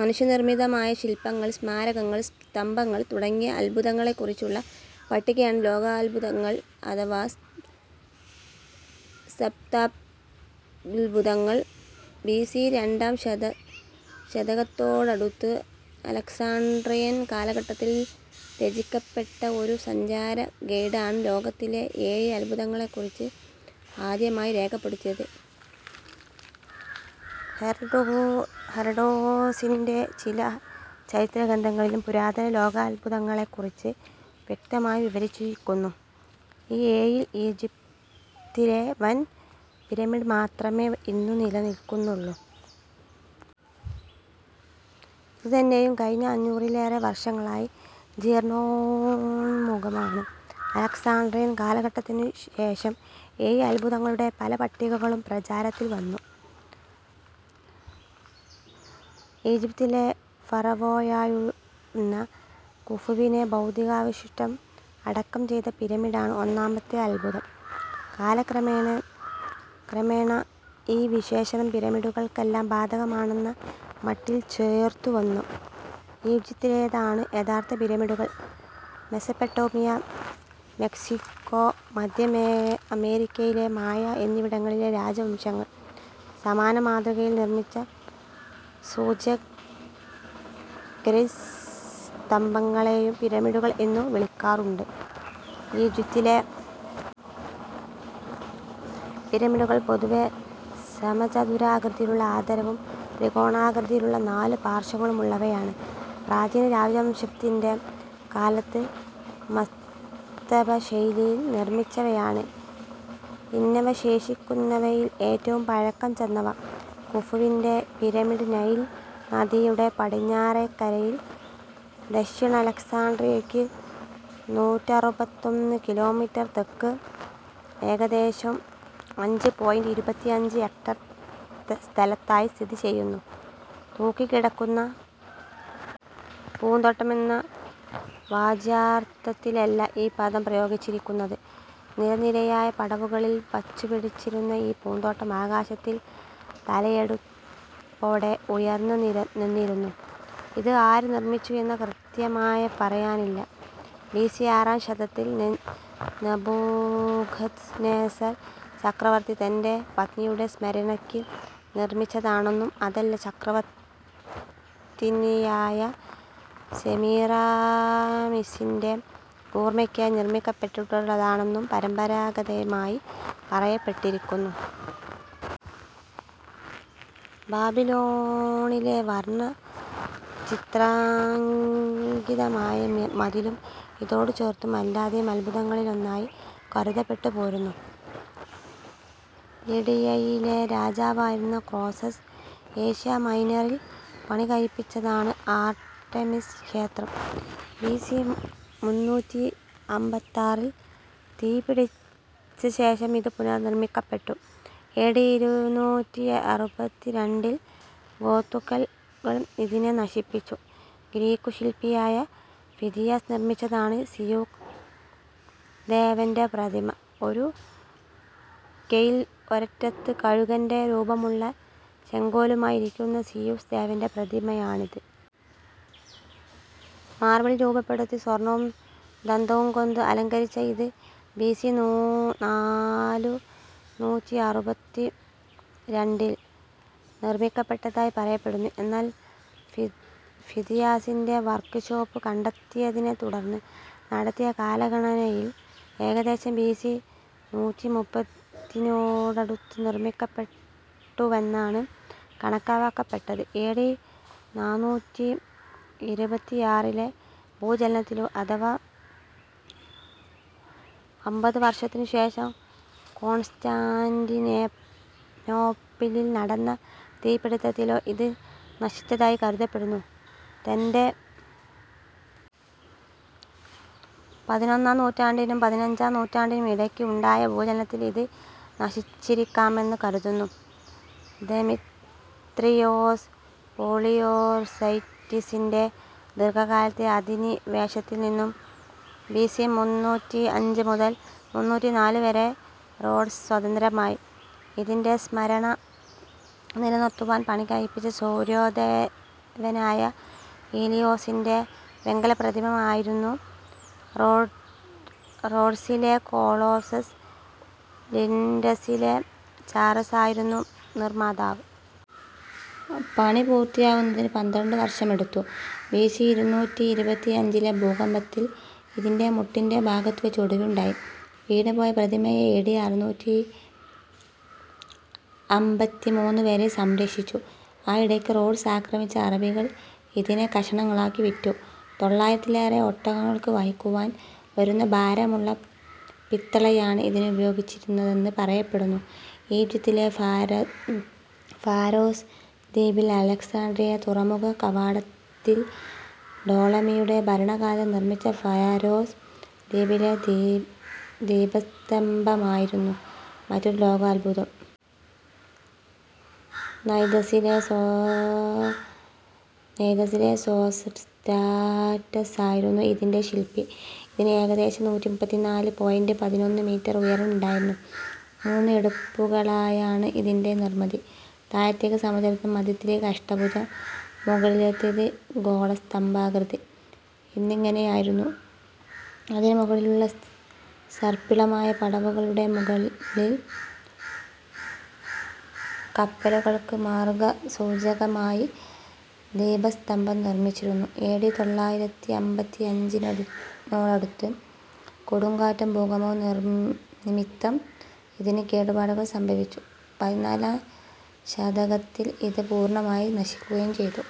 മനുഷ്യനിർമ്മിതമായ ശില്പങ്ങൾ സ്മാരകങ്ങൾ സ്തംഭങ്ങൾ തുടങ്ങിയ അത്ഭുതങ്ങളെക്കുറിച്ചുള്ള പട്ടികയാണ് ലോകാത്ഭുതങ്ങൾ അഥവാ സപ്താത്ഭുതങ്ങൾ. ബി സി രണ്ടാം ശതകത്തോടടുത്ത് അലക്സാൻഡ്രിയൻ കാലഘട്ടത്തിൽ രചിക്കപ്പെട്ട ഒരു സഞ്ചാരഗൈഡാണ് ലോകത്തിലെ ഏഴ് അത്ഭുതങ്ങളെക്കുറിച്ച് ആദ്യമായി രേഖപ്പെടുത്തിയത്. ഹെറഡോട്ടസിന്റെ ചില ചരിത്രഗ്രന്ഥങ്ങളിലും പുരാതന ലോകാത്ഭുതങ്ങളെക്കുറിച്ച് വ്യക്തമായി വിവരിച്ചിരിക്കുന്നു.ഈ ഏഴിൽ ഈജിപ്തിലെ വൻ പിരമിഡ് മാത്രമേ ഇന്നു നിലനിൽക്കുന്നുള്ളൂ. ഇതുതന്നെയും കഴിഞ്ഞ അഞ്ഞൂറിലേറെ വർഷങ്ങളായി ജീർണോന്മുഖമാണ്. അലക്സാൻഡ്രിയൻ കാലഘട്ടത്തിനുശേഷം ഏഴ് അത്ഭുതങ്ങളുടെ പല പട്ടികകളും പ്രചാരത്തിൽ വന്നു. ഈജിപ്തിലെ ഫറവോയായിരുന്ന കുഫുവിന്റെ ഭൗതികാവശിഷ്ടം അടക്കം ചെയ്ത പിരമിഡാണ് ഒന്നാമത്തെ അത്ഭുതം. കാലക്രമേണ ഈ വിശേഷണം പിരമിഡുകൾക്കെല്ലാം ബാധകമാണെന്ന മട്ടിൽ ചേർത്തുവന്നു. ഈജിപ്തിലേതാണ് യഥാർഥ പിരമിഡുകൾ. മെസപ്പൊട്ടേമിയ മെക്സിക്കോ മധ്യ അമേരിക്കയിലെ മായ എന്നിവിടങ്ങളിലെ രാജവംശങ്ങൾ സമാന മാതൃകയിൽ നിർമിച്ച സൂച്യഗ്രസ്തംഭങ്ങളെയും പിരമിഡുകൾ എന്നു വിളിക്കാറുണ്ട്. ഈജിപ്തിലെ പിരമിഡുകൾ പൊതുവേ സമചതുരാകൃതിയിലുള്ള ആധാരവും ത്രികോണാകൃതിയിലുള്ള നാല് പാർശ്വങ്ങളും ഉള്ളവയാണ്. പ്രാചീന രാജവംശത്തിന്റെ കാലത്ത് മാസ്തബശൈലിയിൽ നിർമിച്ചവയാണ് ഇന്നവശേഷിക്കുന്നവയിൽ ഏറ്റവും പഴക്കംചെന്നവ. കുഫുവിന്റെ പിരമിഡ് നൈൽ നദിയുടെ പടിഞ്ഞാറേക്കരയിൽ ദക്ഷിണ അലക്സാൻഡ്രിയയ്ക്ക് നൂറ്ററുപത്തൊന്ന് കിലോമീറ്റർ തെക്ക് ഏകദേശം അഞ്ച് പോയിന്റ് ഇരുപത്തിയഞ്ച് ഹെക്ടർ സ്ഥലത്തായി സ്ഥിതി ചെയ്യുന്നു. തൂങ്ങിക്കിടക്കുന്ന പൂന്തോട്ടം എന്ന വാച്യാർഥത്തിലല്ല ഈ പദം പ്രയോഗിച്ചിരിക്കുന്നത്. നിരനിരയായ പടവുകളിൽ വച്ചുപിടിപ്പിച്ചിരുന്ന ഈ പൂന്തോട്ടം ആകാശത്തിൽ തലയെടുപ്പോടെ ഉയർന്നുനിന്നിരുന്നു. ഇത് ആര് നിർമിച്ചു എന്ന് കൃത്യമായി പറയാനാവില്ല. ബി സി ആറാം ശതകത്തിൽ നെബൂഖദ്നേസർ ചക്രവർത്തി തന്റെ പത്നിയുടെ സ്മരണയ്ക്ക് നിർമിച്ചതാണെന്നും അതല്ല ചക്രവർത്തിനിയായ സെമീറാമിസിന്റെ ഓർമയ്ക്കായി നിർമിക്കപ്പെട്ടിട്ടുള്ളതാണെന്നും പരമ്പരാഗതമായി പറയപ്പെട്ടിരുന്നു. ബാബിലോണിലെ വർണചിത്രാങ്കിതമായ മതിലും ഇതോടുചേർത്തും അല്ലാതെയും അത്ഭുതങ്ങളിലൊന്നായി കരുതപ്പെട്ടുപോരുന്നു. ലിഡിയയിലെ രാജാവായിരുന്ന ക്രോസസ് ഏഷ്യാമൈനറിൽ പണികഴിപ്പിച്ചതാണ് ആർട്ടെമിസ് ക്ഷേത്രം. ബി സി മുന്നൂറ്റിയമ്പത്താറിൽ തീപിടിച്ചശേഷം ഇത് പുനർനിർമിക്കപ്പെട്ടു. എ ഡി ഇരുനൂറ്റിയറുപത്തിരണ്ടിൽ ഗോത്തുകൾ ഇതിനെ നശിപ്പിച്ചു. ഗ്രീക്കു ശില്പിയായ ഫിദിയാസ് നിർമിച്ചതാണ് സീയൂസ് ദേവന്റെ പ്രതിമ. ഒരു കൈയിൽ വിജയദണ്ഡും മറ്റേ കൈയിൽ ഒരറ്റത്ത് കഴുകന്റെ രൂപമുള്ള ചെങ്കോലുമായി ഇരിക്കുന്ന സീയൂസ് ദേവന്റെ പ്രതിമയാണിത്. മാർബിളിൽ രൂപപ്പെടുത്തി സ്വർണവും ദന്തവും കൊണ്ട് അലങ്കരിച്ച ഇത് ബി സി നാലുനൂറ്റിയറുപത്തിരണ്ടിൽ നിർമിക്കപ്പെട്ടതായി പറയപ്പെടുന്നു. എന്നാൽ ഫിദിയാസിന്റെ വർക്ക്‌ഷോപ്പ് കണ്ടെത്തിയതിനെത്തുടർന്ന് നടത്തിയ കാലഗണനയിൽ ഏകദേശം ബി സി നാനൂറ്റിമുപ്പതിനോടടുത്ത് നിർമിക്കപ്പെട്ടുവെന്നാണ് കണക്കാക്കപ്പെട്ടത്. എ ഡി നാനൂറ്റിയിരുപത്തിയാറിലെ ഭൂചലനത്തിലോ അഥവാ അമ്പത് വർഷത്തിനുശേഷം കോൺസ്റ്റാന്റിനോപ്പിളിൽ നടന്ന തീപ്പിടിത്തത്തിലോ ഇത് നശിച്ചതായി കരുതപ്പെടുന്നു. തന്റെ പതിനൊന്നാം നൂറ്റാണ്ടിനും പതിനഞ്ചാം നൂറ്റാണ്ടിനും ഇടയ്ക്ക് ഉണ്ടായ ഭൂചലനത്തിൽ ഇത് നശിച്ചിരിക്കാമെന്ന് കരുതുന്നു. ദെമിത്രിയോസ് പോളിയോർസെറ്റിസിന്റെ ദീർഘകാലത്തെ അധിനിവേശത്തിൽനിന്നും ബി സി മുന്നൂറ്റിയഞ്ച് മുതൽ മുന്നൂറ്റിനാല് വരെ റോഡ്സ് സ്വതന്ത്രമായി. ഇതിന്റെ സ്മരണ നിലനിർത്തുവാൻ പണികഴിപ്പിച്ച സൂര്യദേവനായ ഹീലിയോസിന്റെ വെങ്കലപ്രതിമയായിരുന്നു റോഡ്സിലെ കൊളോസസ്. ലിൻഡസിലെ ചാറസായിരുന്നു നിർമാതാവ്. പണിപൂർത്തിയാവുന്നതിന് പന്ത്രണ്ടു വർഷമെടുത്തു.ബി സി ഇരുനൂറ്റിയിരുപത്തിയഞ്ചിലെ ഭൂകമ്പത്തിൽ ഇതിന്റെ മുട്ടിന്റെ ഭാഗത്തുവച്ച് ഒടിവുണ്ടായി. വീണുപോയ പ്രതിമയെ എ ഡി അറുനൂറ്റിയമ്പത്തിമൂന്ന് വരെ സംരക്ഷിച്ചു. ആയിടയ്ക്ക് റോഡ്സ് ആക്രമിച്ച അറബികൾ ഇതിനെ കഷണങ്ങളാക്കി വിറ്റു. തൊള്ളായിരത്തിലേറെ ഒട്ടകങ്ങൾക്ക് വഹിക്കുവാൻ വരുന്ന ഭാരമുള്ള പിത്തളയാണ് ഇതിനുപയോഗിച്ചിരുന്നതെന്ന് പറയപ്പെടുന്നു. ഈജിപ്തിലെ ഫാരോസ് ദ്വീപിൽ അലക്സാണ്ട്രിയ തുറമുഖ കവാടത്തിൽ ടോളമിയുടെ ഭരണകാലത്ത് നിർമിച്ച ഫാരോസ് ദ്വീപിലെ ദീപസ്തംഭമായിരുന്നു മറ്റൊരു ലോകാത്ഭുതം. നൈദസ്സിലെ സോസ്റ്റ്രാറ്റസായിരുന്നു ഇതിന്റെ ശില്പി. ഇതിന് ഏകദേശം നൂറ്റിമുപ്പത്തിനാല് പോയിന്റ് പതിനൊന്ന് മീറ്റർ ഉയരമുണ്ടായിരുന്നു. മൂന്ന് എടുപ്പുകളായാണ് ഇതിന്റെ നിർമിതി. താഴത്തേത് സമചതുരം മധ്യത്തിലേത് അഷ്ടഭുജം മുകളിലത്തേത് ഗോളസ്തംഭാകൃതി എന്നിങ്ങനെയായിരുന്നു. അതിനു മുകളിലുള്ള സർപ്പിളമായ പടവുകളുടെ മുകളിൽ കപ്പലുകൾക്ക് മാർഗസൂചകമായി ദീപസ്തംഭം നിർമിച്ചിരുന്നു. എ ഡി തൊള്ളായിരത്തിയമ്പത്തിയഞ്ചിനോടടുത്ത് കൊടുങ്കാറ്റും ഭൂകമ്പവും നിമിത്തം ഇതിന് കേടുപാടുകൾ സംഭവിച്ചു. പതിനാലാം ശതകത്തിൽ ഇത് പൂർണമായി നശിക്കുകയും ചെയ്തു.